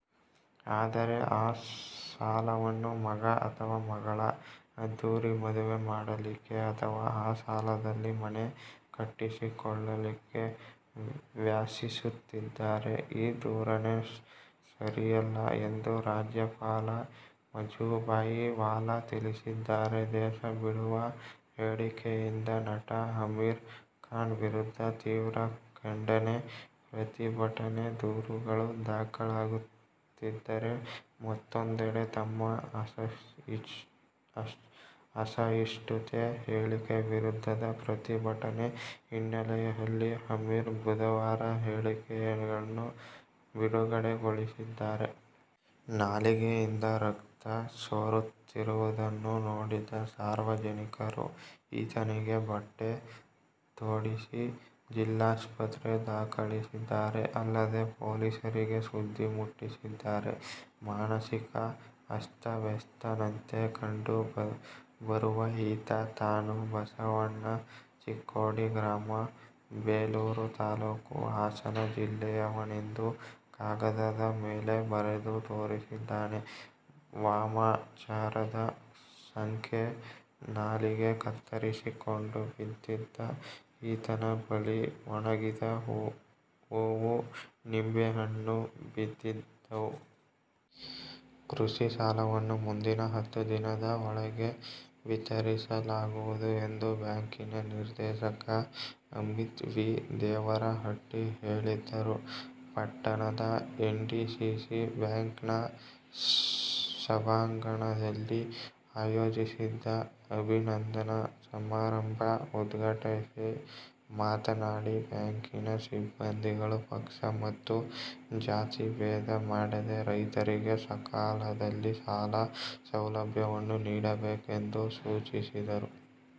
ಆದರೆ, ಆ ಸಾಲವನ್ನು ಮಗ ಅಥವಾ ಮಗಳ ಅದ್ದೂರಿ ಮದುವೆ ಮಾಡಲಿಕ್ಕೆ ಅಥವಾ ಆ ಸಾಲದಲ್ಲಿ ಮನೆ ಕಟ್ಟಿಸಿಕೊಳ್ಳಲಿಕ್ಕೆ ವ್ಯಯಿಸುತ್ತಿದ್ದಾರೆ. ಈ ಧೋರಣೆ ಸರಿಯಲ್ಲ ಎಂದು ರಾಜ್ಯಪಾಲ ವಜೂಭಾಯ್ ವಾಲಾ ತಿಳಿಸಿದ್ದಾರೆ. ದೇಶ ಬಿಡುವ ಹೇಳಿಕೆಯಿಂದ ನಟ ಅಮೀರ್ ಖಾನ್ ವಿರುದ್ಧ ತೀವ್ರ ಖಂಡನೆ, ಪ್ರತಿಭಟನೆ, ದೂರುಗಳು ದಾಖಲಾಗುತ್ತಿದ್ದರೆ, ಮತ್ತೊಂದೆಡೆ ತಮ್ಮ ಅಸಹಿಷ್ಣುತೆ ಹೇಳಿಕೆ ವಿರುದ್ಧದ ಪ್ರತಿಭಟನೆ ಹಿನ್ನೆಲೆಯಲ್ಲಿ ಅಮೀರ್ ಬುಧವಾರ ಹೇಳಿಕೆಯನ್ನು ಬಿಡುಗಡೆಗೊಳಿಸಿದ್ದಾರೆ. ನಾಲಿಗೆಯಿಂದ ರಕ್ತಸೋರುತ್ತಿರುವುದನ್ನು ನೋಡಿದ ಸಾರ್ವಜನಿಕರು ಈತನಿಗೆ ಬಟ್ಟೆ ತೊಡಿಸಿ, ಜಿಲ್ಲಾಸ್ಪತ್ರೆಗೆ ದಾಖಲಿಸಿದ್ದಾರೆ ಅಲ್ಲದೇ, ಪೊಲೀಸರಿಗೆ ಸುದ್ದಿ ಮುಟ್ಟಿಸಿದ್ದಾರೆ. ಮಾನಸಿಕ ಅಸ್ತವ್ಯಸ್ತನಂತೆ ಕಂಡು ಬರುವ ಈತ, ತಾನು ಬಸವಣ್ಣ, ಚಿಕ್ಕೋಡಿ ಗ್ರಾಮ, ಬೇಲೂರು ತಾಲೂಕು, ಹಾಸನ ಜಿಲ್ಲೆಯವನೆಂದು ಕಾಗದದ ಮೇಲೆ ಬರೆದು ತೋರಿಸಿದ್ದಾನೆ. ವಾಮಾಚಾರದ ಶಂಕೆ: ನಾಲಿಗೆ ಕತ್ತರಿಸಿಕೊಂಡು ಬಿದ್ದಿದ್ದ ಈತನ ಬಳಿ ಒಣಗಿದ ಹೂವು, ನಿಂಬೆಹಣ್ಣು ಬಿದ್ದಿದ್ದವು. ಕೃಷಿ ಸಾಲವನ್ನು ಮುಂದಿನ ಹತ್ತು ದಿನದ ಒಳಗೆ ವಿತರಿಸಲಾಗುವುದು ಎಂದು ಬ್ಯಾಂಕಿನ ನಿರ್ದೇಶಕ ಅಮಿತ್ ವಿ. ದೇವರಹಟ್ಟಿ ಹೇಳಿದರು. ಪಟ್ಟಣದ ಎಂಡಿಸಿಸಿ ಬ್ಯಾಂಕ್ನ ಸಭಾಂಗಣದಲ್ಲಿ ಆಯೋಜಿಸಿದ್ದ ಅಭಿನಂದನಾ ಸಮಾರಂಭ ಉದ್ಘಾಟಿಸಿ ಮಾತನಾಡಿ, ಬ್ಯಾಂಕಿನ ಸಿಬ್ಬಂದಿಗಳು ಪಕ್ಷ ಮತ್ತು ಜಾತಿಭೇದ ಮಾಡದೇ ರೈತರಿಗೆ ಸಕಾಲದಲ್ಲಿ ಸಾಲ ಸೌಲಭ್ಯವನ್ನು ನೀಡಬೇಕೆಂದು ಸೂಚಿಸಿದರು.